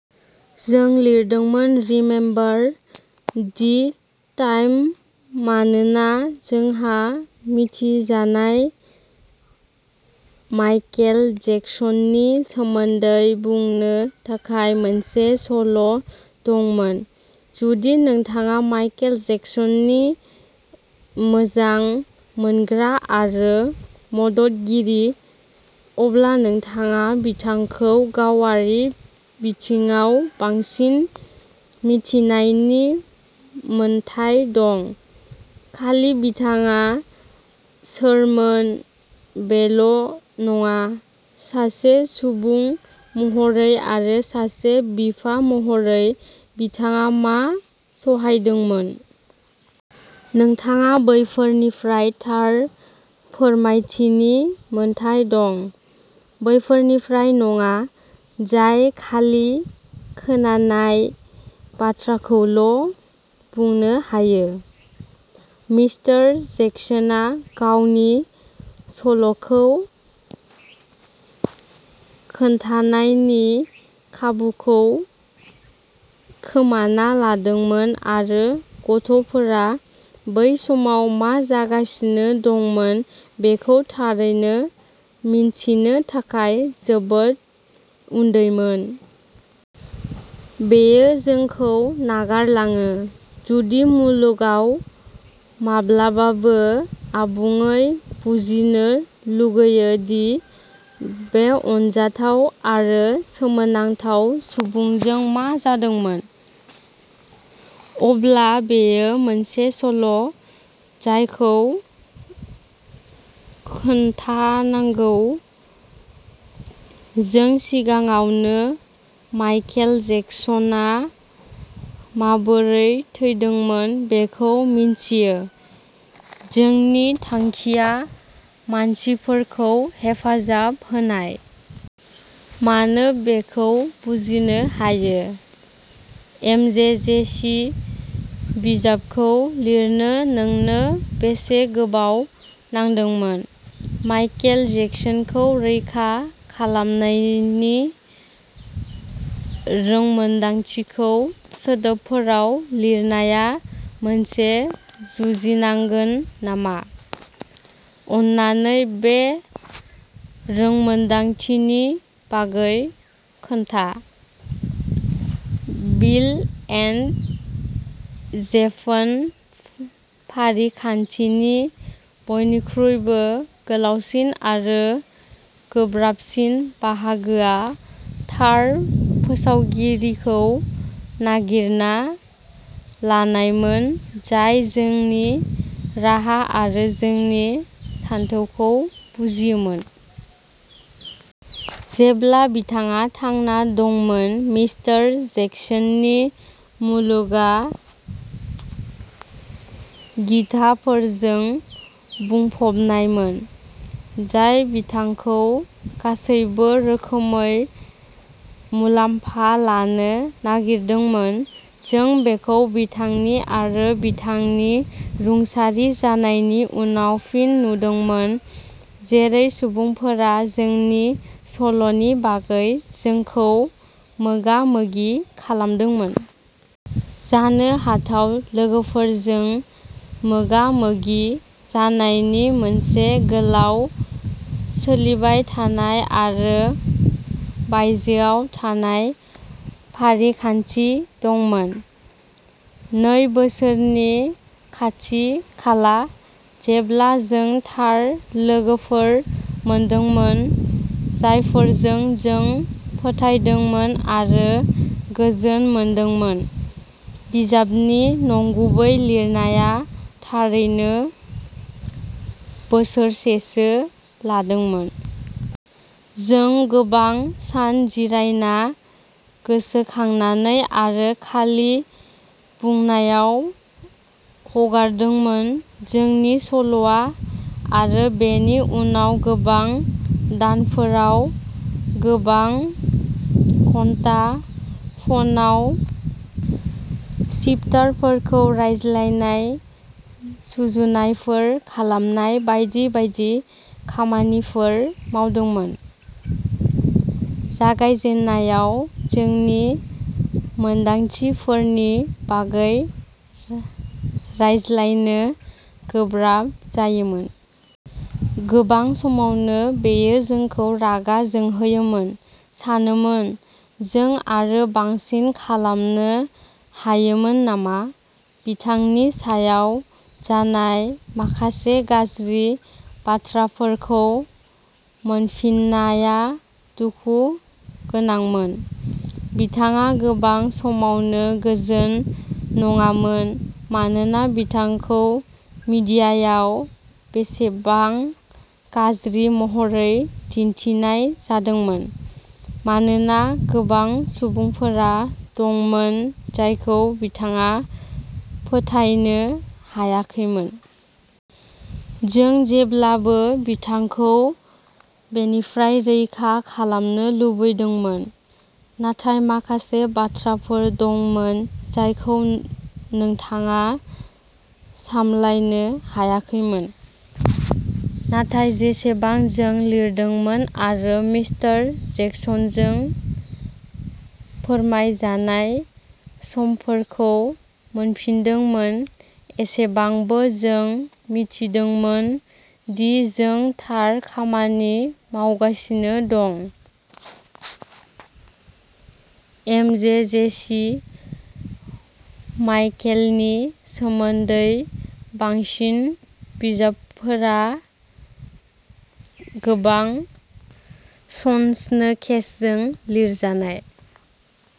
जों लिरदोंमोन remember the time मानोना जोंहा मिथिजानाय माइकेल जेक्सननि सोमोन्दै बुंनो थाखाय मोनसे सल' दंमोन। जुदि नोंथाङा माइकेल जेक्सननि मोजां मोनग्रा आरो मददगिरि, अब्ला नोंथाङा बिथांखौ गावारि बिथिङाव बांसिन मिथिनायनि मोन्थाइ दं, खालि बिथाङा सोरमोन बेल' नङा, सासे सुबुं महरै आरो सासे बिफा महरै बिथाङा मा सहायदोंमोन। नोंथाङा बैफोरनिफ्राय थार फोरमायथिनि मोन्थाइ दं, बैफोरनिफ्राय नङा, जाय खालि खोनानाय बाथ्राखौल' बुंनो हायो। मिस्टार जेक्सनआ गावनि सल'खौ खोन्थानायनि खाबुखौ खोमाना लादोंमोन आरो गथ'फोरा बै समाव मा जागासिनो दंमोन बेखौ थारैनो मिन्थिनो थाखाय जोबोद उन्दैमोन। बेयो जोंखौ नागारलाङो। जुदि मुलुगआ माब्लाबाबो आबुङै बुजिनो लुगैयो दि बे अनजाथाव आरो सोमोनांथाव सुबुंजों मा जादोंमोन, अब्ला बेयो मोनसे सल' जायखौ खोन्थानांगौ। जों सिगाङावनो माइखेल जेक्सनआ माबोरै थैदोंमोन बेखौ मिन्थियो। जोंनि थांखिया मानसिफोरखौ हेफाजाब होनाय। मानो बेखौ बुजिनो हायो। एमजेजेसि बिजाबखौ लिरनो नोंनो बेसे गोबाव नांदोंमोन? माइकेल जेक्सनखौ रैखा खालामनायनि रोंमोनदांथिखौ सोदोबफोराव लिरनाया मोनसे जुजिनांमोन नामा? अन्नानै बे रोंमोनदांथिनि बागै खोन्था। बिल एन्ड जेभन फारिखान्थिनि बयनिख्रुइबो गोलावसिन आरो गोब्राबसिन बाहागोआ थार फोसावगिरिखौ नागिरना लानायमोन जाय जोंनि राहा आरो जोंनि सानथौखौ बुजियोमोन। जेब्ला बिथाङा थांना दंमोन, मिस्टार जेक्सननि मुलुगआ गिधाफोरजों बुंफबनायमोन, जाय बिथांखौ गासैबो रोखोमै मुलाम्फा लानो नागिरदोंमोन। जों बेखौ बिथांनि आरो बिथांनि रुंसारि जानायनि उनाव फिन नुदोंमोन, जेरै सुबुंफोरा जोंनि सल'नि बागै जोंखौ मोगा-मोगि खालामदोंमोन। जानो हाथाव लोगोफोरजों मोगा-मोगि जानायनि मोनसे गोलाव, सोलिबाय थानाय आरो बायजोआव थानाय फारिखान्थि दंमोन, नै बोसोरनि खाथि-खाला। जेब्ला जों थार लोगोफोर मोनदोंमोन, जायफोरजों जों फोथायदोंमोन आरो गोजोन मोनदोंमोन, बिजाबनि नंगुबै लिरनाया थारैनो बोसोरसेसो लादोंमोन। जों गोबां सान जिरायना, गोसोखांनानै आरो खालि बुंनायाव हगारदोंमोन। जोंनि सल'आ, आरो बेनि उनाव गोबां दानफोराव, गोबां घन्टा फनआव चैप्टारफोरखौ रायज्लायनाय, सुजुनायफोर खालामनाय बायदि बायदि खामानिफोर मावदोंमोन। जागायजेननायाव जोंनि मोनदांथिफोरनि बागै रायज्लायनो गोब्राब जायोमोन। गोबां समावनो बेयो जोंखौ रागा जोंहोयोमोन, सानोमोन, "जों आरो बांसिन खालामनो हायोमोन नामा?" बिथांनि सायाव जानाय माखासे गाज्रि बाथ्राफोरखौ मोनफिननाया दुखु गोनांमोन। बिथाङा गोबां समावनो गोजोन नङामोन, मानोना बिथांखौ मिडियायाव बेसेबां गाज्रि महरै दिन्थिनाय जादोंमोन, मानोना गोबां सुबुंफोर दंमोन जायखौ बिथाङा फोथायनो हायाखैमोन। जों जेब्लाबो बिथांखौ बेनिफ्राय रैखा खालामनो लुबैदोंमोन, नाथाय माखासे बाथ्राफोर दंमोन जायखौ नोंथाङा सामलायनो हायाखैमोन। नाथाय जेसेबां जों लिरदोंमोन आरो मिस्टार जेक्सनजों फोरमायजानाय समफोरखौ मोनफिनदोंमोन, एसेबांनो जों मिथिदोंमोन दि जों थार खामानि मावगासिनो दं। एमजेजेसि माइकेलनि सोमोन्दै बांसिन बिजाबफोरा गोबां सनसनीखेजजों लिरजानाय।